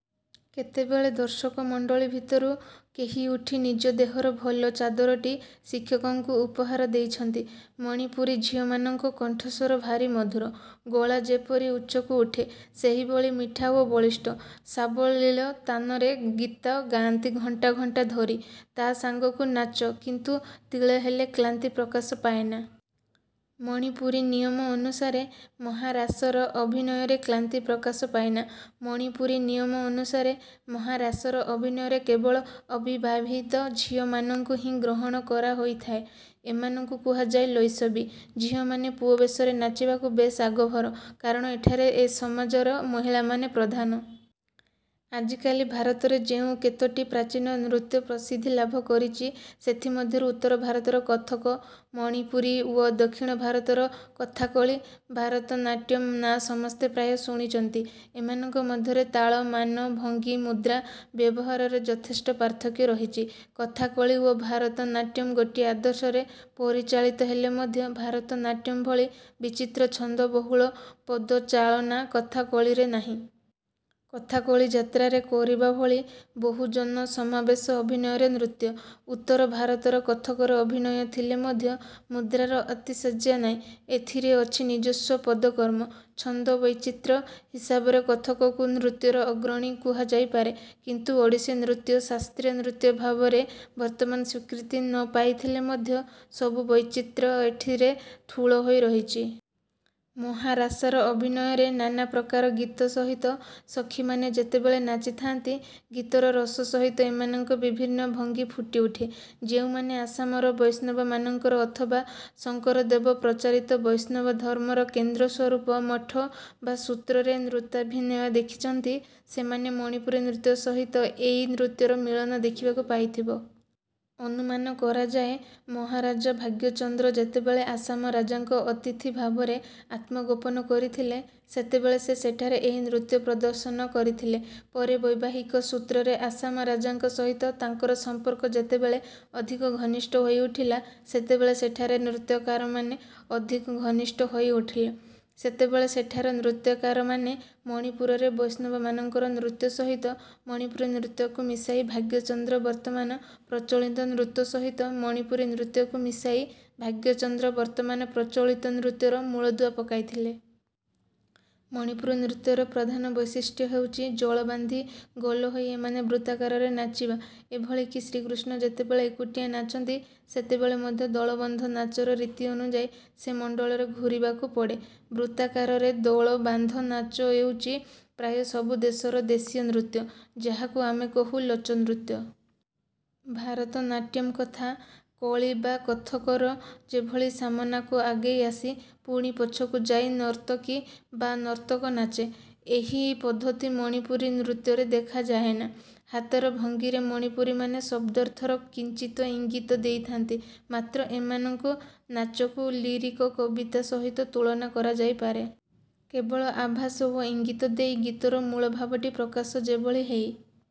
କେତେବେଳେ ଦର୍ଶକମଣ୍ଡଳୀ ଭିତରୁ କେହି ଉଠି ନିଜ ଦେହର ଭଲ ଚାଦରଟି ଶିକ୍ଷକଙ୍କୁ ଉପହାର ଦେଇଛନ୍ତି। ମଣିପୁରୀ ଝିଅମାନଙ୍କ କଣ୍ଠସ୍ୱର ଭାରି ମଧୁର। ଗଳା ଯେପରି ଉଚ୍ଚକୁ ଉଠେ, ସେହିଭଳି ମିଠା ଓ ବଳିଷ୍ଠ। ସାବଲୀଳ ତାନରେ ଗୀତ ଗାଆନ୍ତି ଘଣ୍ଟା ଘଣ୍ଟା ଧରି, ତା ସାଙ୍ଗାକୁ ନାଚ-କିନ୍ତୁ ତିଳେହେଲେ କ୍ଲାନ୍ତି ପ୍ରକାଶ ପାଏନା। ମଣିପୁରୀ ନିୟମ ଅନୁସାରେ ମହାରାସର ଅଭିନୟରେ କ୍ଲାନ୍ତି ପ୍ରକାଶ ପାଏନା। ମଣିପୁରୀ ନିୟମ ଅନୁସାରେ ମହାରାସର ଅଭିନୟରେ କେବଳ ଅବିବାହିତା ଝିଅ ମାନଙ୍କୁ ହିଁ ଗ୍ରହଣ କରାହୋଇଥାଏ। ଏମାନଙ୍କୁ କୁହାଯାଏ ''ଲୈସବୀ''। ଝିଅମାନେ ପୁଅ ବେଶର ନାଚିବାକୁ ବେଶ୍ ଆଗଭର। କାରଣ ଏଠାର ସମାଜରେ ମହିଳାମାନେ ପ୍ରଧାନ। ଆଜିକାଲି ଭାରତରେ ଯେଉଁ କେତୋଟି ପ୍ରାଚୀନ ନୃତ୍ୟ ପ୍ରସିଦ୍ଧିଲାଭ କରିଚି, ସେଥିମଧ୍ୟରୁ ଉତ୍ତର-ଭାରତର କଥକ, ମଣିପୁରୀ ଓ ଦକ୍ଷିଣ-ଭାରତର କଥାକଳି, ଭାରତନାଟ୍ୟମ୍ ନାଁ ସମସ୍ତେ ପ୍ରାୟ ଶୁଣିଚନ୍ତି। ଏମାନଙ୍କ ମଧ୍ୟରେ ତାଳ, ମାନ, ଭଙ୍ଗୀ, ମୁଦ୍ରା ବ୍ୟବହାରରେ ଯଥେଷ୍ଟ ପାର୍ଥକ୍ୟ ରହିଛି। କଥାକଳି ଓ ଭାରତ ନାଟ୍ୟମ୍ ଗୋଟିଏ ଆଦର୍ଶରେ ପରିଚାଳିତ ହେଲେ ମଧ୍ୟ ଭାରତନାଟ୍ୟମ୍ ଭଳି ବିଚିତ୍ର ଛନ୍ଦବହୁଳ ପଦଚାଳନା କଥାକଳିରେ ନାହିଁ। କଥାକଳି ଯାତ୍ରାରେ କରିବା ଭଳି ବହୁଜନସମାବେଶ ଅଭିନୟର ନୃତ୍ୟ। ଉତ୍ତର-ଭାରତର କଥକରେ ଅଭିନୟ ଥିଲେ ମଧ୍ୟ ମୁଦ୍ରାର ଆତିଶଯ୍ୟ ନାହିଁ। ଏଥିରେ ଅଛି ନିଜସ୍ୱ ପଦକର୍ମ। ଛନ୍ଦ ବୈଚିତ୍ର୍ୟ ହିସାବରେ କଥକକୁ ନୃତ୍ୟର ଅଗ୍ରଣୀ କୁହାଯାଇପାରେ। କିନ୍ତୁ ଓଡ଼ିଶୀ ନୃତ୍ୟ ଶାସ୍ତ୍ରୀୟ ନୃତ୍ୟ ଭାବରେ ବର୍ତ୍ତମାନ ସ୍ୱୀକୃତି ନ ପାଇଥିଲେ ମଧ୍ୟ ସବୁ ବୈଚିତ୍ର୍ୟ ଏଥିରେ ଠୁଳ ହୋଇ ରହିଚି। ମହାରାସର ଅଭିନୟରେ ନାନାପ୍ରକାର ଗୀତ ସହିତ ସଖୀମାନେ ଯେତେବେଳେ ନାଚି ଥାଆନ୍ତି, ଗୀତର ରସ ସହିତ ଏମାନଙ୍କ ବିଭିନ୍ନ ଭଙ୍ଗି ଫୁଟିଉଠେ। ଯେଉଁମାନେ ଆସାମର ବୈଷ୍ଣବମାନଙ୍କର ଅଥବା ଶଙ୍କରଦେବ ପ୍ରଚାରିତ ବୈଷ୍ଣବ ଧର୍ମର କେନ୍ଦ୍ର ସ୍ୱରୂପ 'ମଠ' ବା 'ସୂତ୍ର'ରେ ନୃତ୍ୟାଭିନୟ ଦେଖିଚନ୍ତି, ସେମାନେ ମଣିପୁରୀ ନୃତ୍ୟ ସହିତ ଏହି ନୃତ୍ୟର ମିଳନ ଦେଖିବାକୁ ପାଇଥିବ। ଅନୁମାନ କରାଯାଏ, ମହାରାଜା ଭାଗ୍ୟଚନ୍ଦ୍ର ଯେତେବେଳେ ଆସାମ ରାଜାଙ୍କ ଅତିଥି ଭାବରେ ଆତ୍ମଗୋପନ କରିଥିଲେ, ସେତେବେଳେ ସେ ସେଠାରେ ଏହି ନୃତ୍ୟ ପ୍ରଦର୍ଶନ କରିଥିଲେ। ପରେ ବୈବାହିକ ସୂତ୍ରରେ ଆସାମ ରାଜାଙ୍କ ସହିତ ତାଙ୍କର ସମ୍ପର୍କ ଯେତେବେଳେ ଅଧିକ ଘନିଷ୍ଠ ହୋଇ ଉଠିଲା, ସେତେବେଳେ ସେଠାର ନୃତ୍ୟକାରମାନେ ଅଧିକ ଘନିଷ୍ଠ ହୋଇ ଉଠିଲା, ସେତେବେଳେ ସେଠାର ନୃତ୍ୟକାରମାନେ ମଣିପୁରରେ ବୈଷ୍ଣବମାନଙ୍କର ନୃତ୍ୟ ସହିତ ମଣିପୁରୀ ନୃତ୍ୟକୁ ମିଶାଇ ଭାଗ୍ୟଚନ୍ଦ୍ର ବର୍ତ୍ତମାନ ପ୍ରଚଳିତ ନୃତ ସହିତ ମଣିପୁରୀ ନୃତ୍ୟକୁ ମିଶାଇ ଭାଗ୍ୟଚନ୍ଦ୍ର ବର୍ତ୍ତମାନ ପ୍ରଚଳିତ ନୃତ୍ୟର ମୂଳଦୁଆ ପକାଇଥିଲେ। ମଣିପୁରୀ ନୃତ୍ୟର ପ୍ରଧାନ ବୈଶିଷ୍ଟ୍ୟ ହେଉଚି, ଜଳବାନ୍ଧି ଗୋଲ ହୋଇ ଏମାନେ ବୃତ୍ତାକାରରେ ନାଚିବା। ଏଭଳି କି ଶ୍ରୀକୃଷ୍ଣ ଯେତେବେଳେ ଏକୁଟିଆ ନାଚନ୍ତି, ସେତେବେଳେ ମଧ୍ୟ ଦଳବଦ୍ଧ ନାଚର ରୀତି ଅନୁଯାୟୀ ସେ ମଣ୍ଡଳରେ ଘୂରିବାକୁ ପଡ଼େ। ବୃତ୍ତାକାରରେ ଦଳବାନ୍ଧ ନାଚ ହେଉଚି ପ୍ରାୟ ସବୁ ଦେଶର ଦେଶୀୟ ନୃତ୍ୟ, ଯାହାକୁ ଆମେ କହୁ 'ଲୋଚନୃତ୍ୟ'। ଭାରତନାଟ୍ୟମ୍, କଥା କଳି ବା କଥକରେ ଯେଭଳି ସାମନାକୁ ଆଗେଇ ଆସି, ପୁଣି ପଛକୁ ଯାଇ ନର୍ତ୍ତକୀ ବା ନର୍ତ୍ତକ ନାଚେ, ଏହି ପଦ୍ଧତି ମଣିପୁରୀ ନୃତ୍ୟରେ ଦେଖାଯାଏନା। ହାତର ଭଙ୍ଗୀରେ ମଣିପୁରୀମାନେ ଶବ୍ଦର୍ଥର କିଞ୍ଚିତ ଇଙ୍ଗିତ୍ ଦେଇଥାନ୍ତି ମାତ୍ର। ଏମାନଙ୍କ ନାଚକୁ ଲିରିକ କବିତା ସହିତ ତୁଳନା କରାଯାଇପାରେ। କେବଳ ଆଭାସ ଓ ଇଙ୍ଗିତ ଦେଇ ଗୀତର ମୂଳଭାବଟି ପ୍ରକାଶ ଯେଭଳି ଏହି